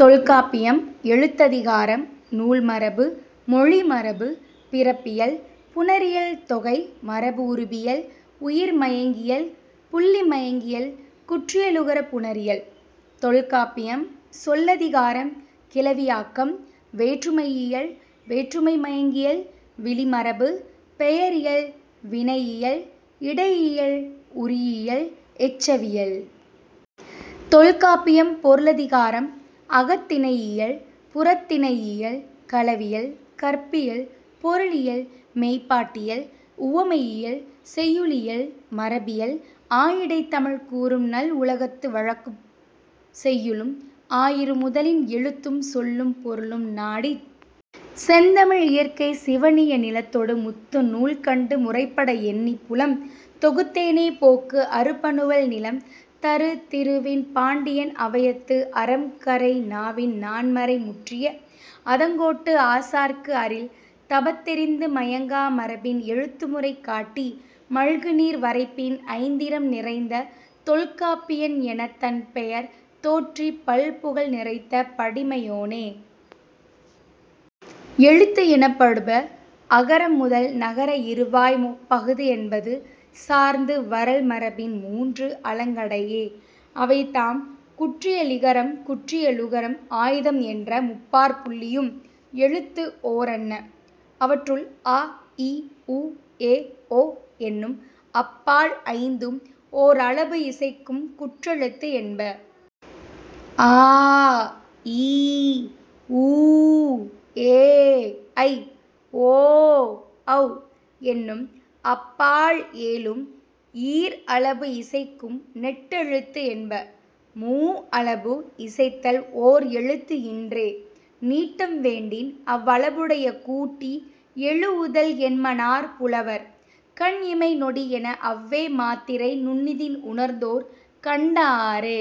தொல்காப்பியம். எழுத்ததிகாரம் -- நூல் மரபு -- மொழி மரபு -- பிறப்பியல் -- புணரியல் தொகை மரபு உருபியல் --உயிர் மயங்கியல் -- புள்ளி மயங்கியல் குற்றியலுகரப் புணரியல். தொல்காப்பியம் சொல்லதிகாரம் -- கிளவியாக்கம் -- வேற்றுமையியல் -- வேற்றுமை மயங்கியல் -- விளி மரபு -- பெயரியல் -- வினையியல் -- இடையியல் -- உரியியல் -- எச்சவியல். தொல்காப்பியம் பொருளதிகாரம் -- அகத்திணையியல் -- புறத்திணையியல் -- களவியல் -- கற்பியல் -- பொருளியல் -- மெய்ப்பாட்டியல் -- உவமயியல் -- செய்யுளியல் -- மரபியல் ஆயிடைத் தமிழ் கூறும் நல் உலகத்து வழக்கும் செய்யுளும் ஆயிரு முதலின் எழுத்தும் சொல்லும் பொருளும் நாடிச் செந்தமிழ் இயற்கை சிவணிய நிலத்தொடு முந்து நூல் கண்டு முறைப்பட எண்ணிப் புலம் தொகுத்தோனே போக்கு அறு பனுவல் நிலம் தரு திருவின் பாண்டியன் அவையத்து அறம் கரை நாவின் நான்மறை முற்றிய அதங்கோட்டு ஆசாற்கு அரில் தபத் தெரிந்து மயங்கா மரபின் எழுத்து முறை காட்டி மல்கு நீர் வரைப்பின் ஐந்திரம் நிறைந்த தொல்காப்பியன் எனத் தன் பெயர் தோற்றிப் பல் புகழ் நிறுத்த படிமையோனே. எழுத்து எனப்படுப அகரம் முதல் னகர இறுவாய் முப்பஃது என்ப சார்ந்து வரல் மரபின் மூன்று அலங்கடையே. அவைதாம், குற்றியலிகரம் குற்றியலுகரம் ஆய்தம் என்ற முப்பாற்புள்ளியும் எழுத்து ஓரன்ன. அவற்றுள், அ இ உ எ ஒ என்னும் அப் பால் ஐந்தும் ஓர் அளபு இசைக்கும் குற்றெழுத்து என்ப. ஆ ஈ ஊ ஏ ஐ ஓ ஔ என்னும் அப் பால் ஏழும் ஈர் அளபு இசைக்கும் நெட்டெழுத்து என்ப. மூ அளபு இசைத்தல் ஓர் எழுத்து இன்றே. நீட்டம் வேண்டின் அவ் அளபுடைய கூட்டி எழூஉதல் என்மனார் புலவர். கண் இமை நொடி என அவ்வே மாத்திரை நுண்ணிதின் உணர்ந்தோர் கண்ட ஆறே.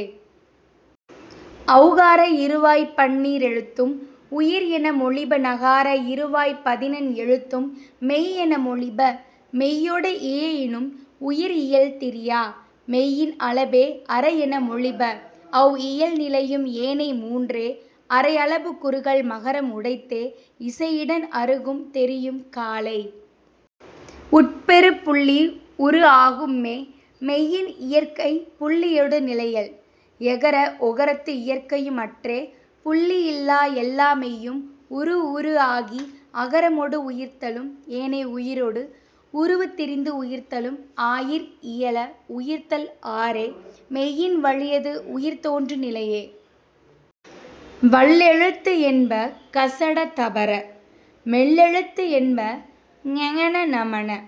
ஔகார இறுவாய்ப் பன்னீர் எழுத்தும் உயிர் என மொழிப. னகார இறுவாய்ப் பதினெண் எழுத்தும் மெய் என மொழிப. மெய்யொடு இயையினும் உயிர் இயல் திரியா. மெய்யின் அளபே அரை என மொழிப. அவ் இயல் நிலையும் ஏனை மூன்றே. அரை அளபு குறுகல் மகரம் உடைத்தே இசையிடன் அருகும் தெரியும் காலை. உட் பெறு புள்ளி உரு ஆகும்மே. மெய்யின் இயற்கை புள்ளியொடு நிலையல். எகர ஒகரத்து இயற்கையும் அற்றே. புள்ளி இல்லா எல்லா மெய்யும் உரு உரு ஆகி அகரமொடு உயிர்த்தலும் ஏனை உயிரொடு உருவு திரிந்து உயிர்த்தலும் ஆயீர் இயல உயிர்த்தல் ஆறே. மெய்யின் வழியது உயிர் தோன்று நிலையே. வல்லெழுத்து என்ப க ச ட த ப ற. மெல்லெழுத்து என்ப ங ஞ ண ந ம ன.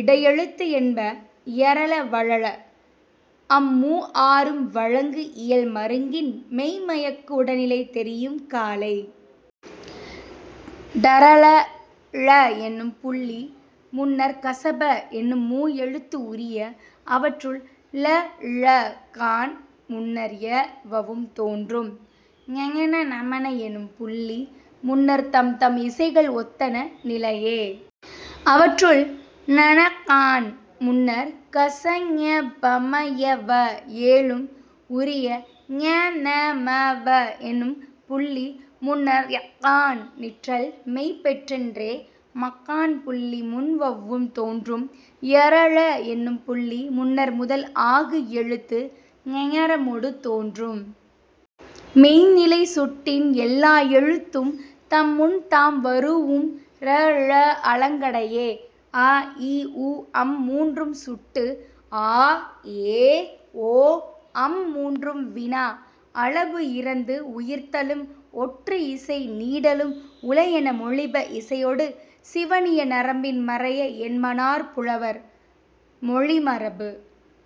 இடையெழுத்து என்ப ய ர ல வ ழ ள. அம் மூ ஆறும் வழங்கு இயல் மருங்கின் மெய்ம்மயக்கு உடனிலை தெரியும் காலை. ட ற ல ள என்னும் புள்ளி முன்னர் க ச ப என்னும் மூ எழுத்து உரிய. அவற்றுள், ல ளஃகான் முன்னர் ய வவும் தோன்றும். ங ஞ ண ந ம ன எனும் புள்ளி முன்னர் தம்தம் இசைகள் ஒத்தன நிலையே. அவற்றுள், ண னஃகான் முன்னர் க ச ஞ ப ம ய வ ஏழும் உரிய. ஞ ந ம வ என்னும் புள்ளி முன்னர் யஃகான் நிற்றல் மெய் பெற்றன்றே. மஃகான் புள்ளி முன் வவ்வும் தோன்றும். ய ர ழ என்னும் புள்ளி முன்னர் முதல் ஆகு எழுத்து ஙகரமொடு தோன்றும். மெய்ந் நிலை சுட்டின் எல்லா எழுத்தும் தம் முன் தாம் வரூஉம் ர ழ அலங்கடையே. அ இ உ அம் மூன்றும் சுட்டு. ஆ ஏ ஓ அம் மூன்றும் வினா. அளபு இறந்து உயிர்த்தலும் ஒற்று இசை நீடலும் உள என மொழிப இசையொடு சிவணிய நரம்பின் மறைய என்மனார் புலவர்.. மொழி மரபு।